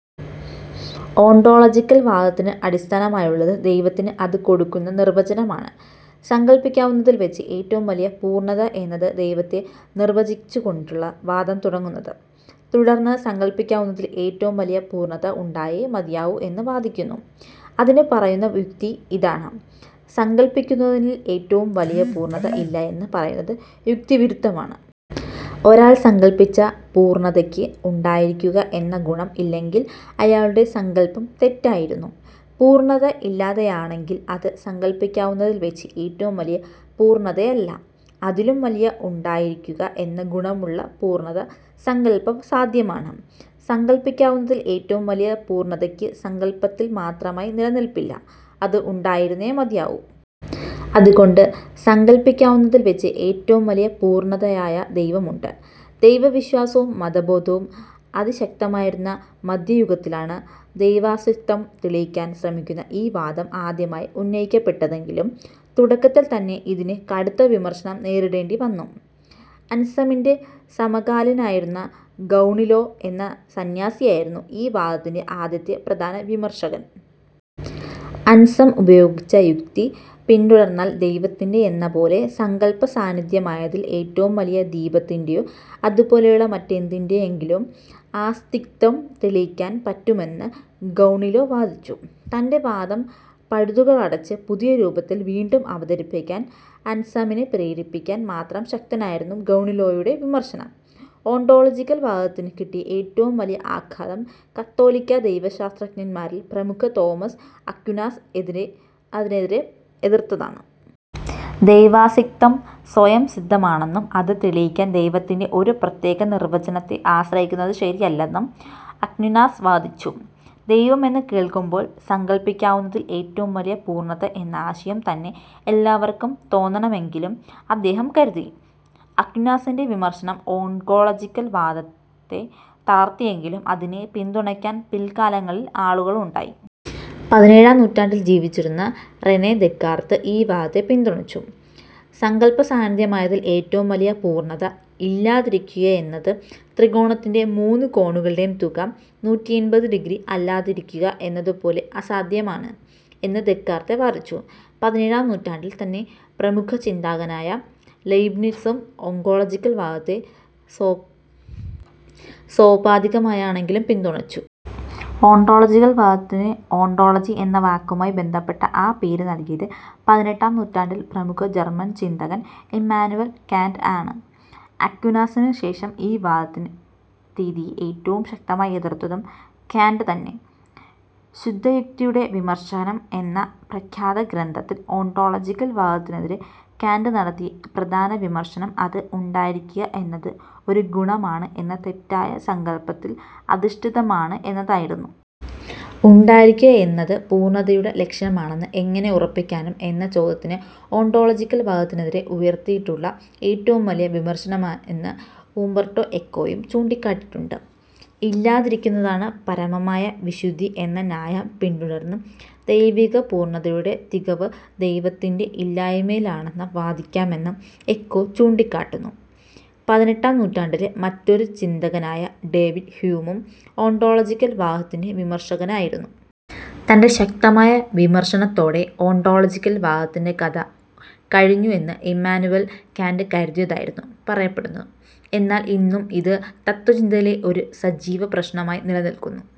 Ontological വാദത്തിന് അടിസ്ഥാനമായുള്ളത് ദൈവത്തിന് അത് കൊടുക്കുന്ന നിർവചനമാണ്. സങ്കൽപ്പിക്കാവുന്നതിൽ വച്ച് ഏറ്റവും വലിയ പൂർണ്ണത എന്ന് ദൈവത്തെ നിർവചിച്ചുകൊണ്ടുള്ള വാദം തുടങ്ങുന്നത്. തുടർന്ന് സങ്കൽപ്പിക്കാവുന്നതിൽ ഏറ്റവും വലിയ പൂർണ്ണത ഉണ്ടായേ മതിയാവൂ എന്ന് വാദിക്കുന്നു. അതിന് പറയുന്ന വിക്തി ഇതാണ്. സങ്കൽപ്പിക്കുന്നതിന് ഏറ്റവും വലിയ പൂർണ്ണത ഇല്ല എന്ന് പറയുന്നത് യുക്തിവിരുദ്ധമാണ്. ഒരാൾ സങ്കൽപ്പിച്ച പൂർണ്ണതയ്ക്ക് ഉണ്ടായിരിക്കുക എന്ന ഗുണം ഇല്ലെങ്കിൽ അയാളുടെ സങ്കൽപ്പം തെറ്റായിരുന്നു. പൂർണ്ണത ഇല്ലാത്തതെയാണെങ്കിൽ അത് സങ്കൽപ്പിക്കാവുന്നതിൽ വച്ച് ഏറ്റവും വലിയ പൂർണ്ണതയല്ല. അതിലും വലിയ ഉണ്ടായിരിക്കുക എന്ന ഗുണമുള്ള പൂർണ്ണത സങ്കൽപ്പംസാധ്യമാണ്. സങ്കൽപ്പിക്കാവുന്നതിൽ ഏറ്റവും വലിയ പൂർണ്ണതയ്ക്ക് സങ്കൽപ്പത്തിൽ മാത്രമായി നിലനിൽപ്പില്ല. അത് ഉണ്ടായിരുന്നേ മതിയാവൂ. അതുകൊണ്ട് സങ്കൽപ്പിക്കാവുന്നതിൽ വെച്ച് ഏറ്റവും വലിയ പൂർണ്ണതയായ ദൈവം ഉണ്ട്. ദൈവവിശ്വാസവും മതബോധവും അതിശക്തമായിരുന്ന മധ്യയുഗത്തിലാണ് ദൈവാസ്തിത്വം തെളിയിക്കാൻ ശ്രമിക്കുന്ന ഈ വാദം ആദ്യമായി ഉന്നയിക്കപ്പെട്ടതെങ്കിലും തുടക്കത്തിൽ തന്നെ ഇതിന് കടുത്ത വിമർശനം നേരിടേണ്ടിവന്നു. അൻസമിൻ്റെ സമകാലിനായിരുന്ന ഗൗണീലോ എന്ന സന്യാസിയായിരുന്നു ഈ വാദത്തിൻ്റെ ആദ്യത്തെ പ്രധാന വിമർശകൻ. അൻസം ഉപയോഗിച്ച യുക്തി പിന്തുടർന്നാൽ ദൈവത്തിൻ്റെ യെന്നപോലെ സങ്കൽപ്പസാന്യമായതിൽ ഏറ്റവും വലിയ ദ്വീപത്തിൻ്റെയോ അതുപോലെയുള്ള മറ്റെന്തിൻ്റെ യെങ്കിലുമോ അസ്തിത്വം തെളിയിക്കാൻ പറ്റുമെന്ന് ഗൗണീലോ വാദിച്ചു. തൻ്റെ വാദം പഴുതുകളടച്ച് പുതിയ രൂപത്തിൽ വീണ്ടും അവതരിപ്പിക്കാൻ അൻസമിനെ പ്രേരിപ്പിക്കാൻ മാത്രം ശക്തരായിരുന്നു ഗൗണീലോയുടെ വിമർശനം. ഓണ്ടോളജിക്കൽ വാദത്തിന് കിട്ടി ഏറ്റവും വലിയ ആഘാതം കത്തോലിക്കാ ദൈവശാസ്ത്രജ്ഞന്മാരിൽ പ്രമുഖ തോമസ് അക്വീനാസ് അതിനെതിരെ എതിർത്തതാണ്. ദൈവാസിത്തം സ്വയംസിദ്ധമാണെന്നും അത് തെളിയിക്കാൻ ദൈവത്തിൻ്റെ ഒരു പ്രത്യേക നിർവചനത്തെ ആശ്രയിക്കുന്നത് ശരിയല്ലെന്നും അക്വീനാസ് വാദിച്ചു. ദൈവം എന്നു കേൾക്കുമ്പോൾ സങ്കൽപ്പിക്കാവുന്നതിൽ ഏറ്റവും വലിയ പൂർണ്ണത എന്ന ആശയം തന്നെ എല്ലാവർക്കും തോന്നണമെങ്കിലും അദ്ദേഹം കരുതി. അക്വീനാസിൻ്റെ വിമർശനം ഓൺകോളജിക്കൽ വാദത്തെ തളർത്തിയെങ്കിലും അതിനെ പിന്തുണയ്ക്കാൻ പിൽക്കാലങ്ങളിലും ആളുകളുണ്ടായി. പതിനേഴാം നൂറ്റാണ്ടിൽ ജീവിച്ചിരുന്ന റെനെ ദെക്കാർത്ത് ഈ വാദത്തെ പിന്തുണച്ചു. സങ്കൽപ്പസാധ്യമായതിൽ ഏറ്റവും വലിയ പൂർണ്ണത ഇല്ലാതിരിക്കയെന്നത് ത്രികോണത്തിൻ്റെ മൂന്ന് കോണുകളുടെയും തുക നൂറ്റിഎൺപത് ഡിഗ്രി അല്ലാതിരിക്കുക എന്നതുപോലെ അസാധ്യമാണ് എന്ന് ദെക്കാർത്ത് വാദിച്ചു. പതിനേഴാം നൂറ്റാണ്ടിൽ തന്നെ പ്രമുഖ ചിന്താകനായ ലയ്ബ്നിറ്റ്സും ഓങ്കോളജിക്കൽ വാദത്തെ സോപാധികമായാണെങ്കിലും പിന്തുണച്ചു. ഓണ്ടോളജിക്കൽ വാദത്തിന് ഓണ്ടോളജി എന്ന വാക്കുമായി ബന്ധപ്പെട്ട ആ പേര് നൽകിയത് പതിനെട്ടാം നൂറ്റാണ്ടിൽ പ്രമുഖ ജർമൻ ചിന്തകൻ ഇമ്മാനുവേൽ കാന്റ് ആണ്. അക്വീനാസിനു ശേഷം ഈ വാദതിന് രീതി ഏറ്റവും ശക്തിയായി എതിർത്തതും കാന്റ് തന്നെ. ശുദ്ധയുക്തിയുടെ വിമർശനം എന്ന പ്രഖ്യാതഗ്രന്ഥത്തിൽ ഓണ്ടോളജിക്കൽ വാദത്തിനെതിരെ കാന്റ് നടത്തി പ്രധാന വിമർശനം അത് ഉണ്ടായിരിക്ക എന്നത് ഒരു ഗുണമാണ് എന്ന തെറ്റായ സങ്കൽപ്പത്തിൽ അധിഷ്ഠിതമാണ് എന്നതായിരുന്നു. ഉണ്ടായിരിക്കയെന്നത് പൂർണ്ണതയുടെ ലക്ഷണമാണെന്ന് എങ്ങനെ ഉറപ്പിക്കാനാകും എന്ന ചോദ്യമാണ് ഓണ്ടോളജിക്കൽ വാദത്തിനെതിരെ ഉയർത്തിട്ടുള്ള ഏറ്റവും വലിയ വിമർശനമ എന്ന് ഉമ്പർട്ടോ എക്കോയും ചൂണ്ടിക്കാട്ടിയിട്ടുണ്ട്. ഇല്ലാതിരിക്കുന്നതാണ് പരമമായ വിശുദ്ധി എന്ന ന്യായം പിന്തുടർന്ന് ദൈവികപൂർണ്ണതയുടെ തികവ് ദൈവത്തിൻ്റെ ഇല്ലായ്മയിലാണെന്ന് വാദിക്കാമെന്ന് എക്കോ ചൂണ്ടിക്കാട്ടുന്നു. പതിനെട്ടാം നൂറ്റാണ്ടിലെ മറ്റൊരു ചിന്തകനായ ഡേവിഡ് ഹ്യൂമും ഓണ്ടോളജിക്കൽ വാദത്തിൻ്റെ വിമർശകനായിരുന്നു. തൻ്റെ ശക്തമായ വിമർശനത്തോടെ ഓണ്ടോളജിക്കൽ വാദത്തിൻ്റെ കഥ കഴിഞ്ഞു എന്ന് ഇമ്മാനുവേൽ കാന്റ് കരുതിയതായിരുന്നു പറയപ്പെടുന്നു. എന്നാൽ ഇന്നും ഇത് തത്ത്വചിന്തയിലെ ഒരു സജീവപ്രശ്നമായി നിലനിൽക്കുന്നു.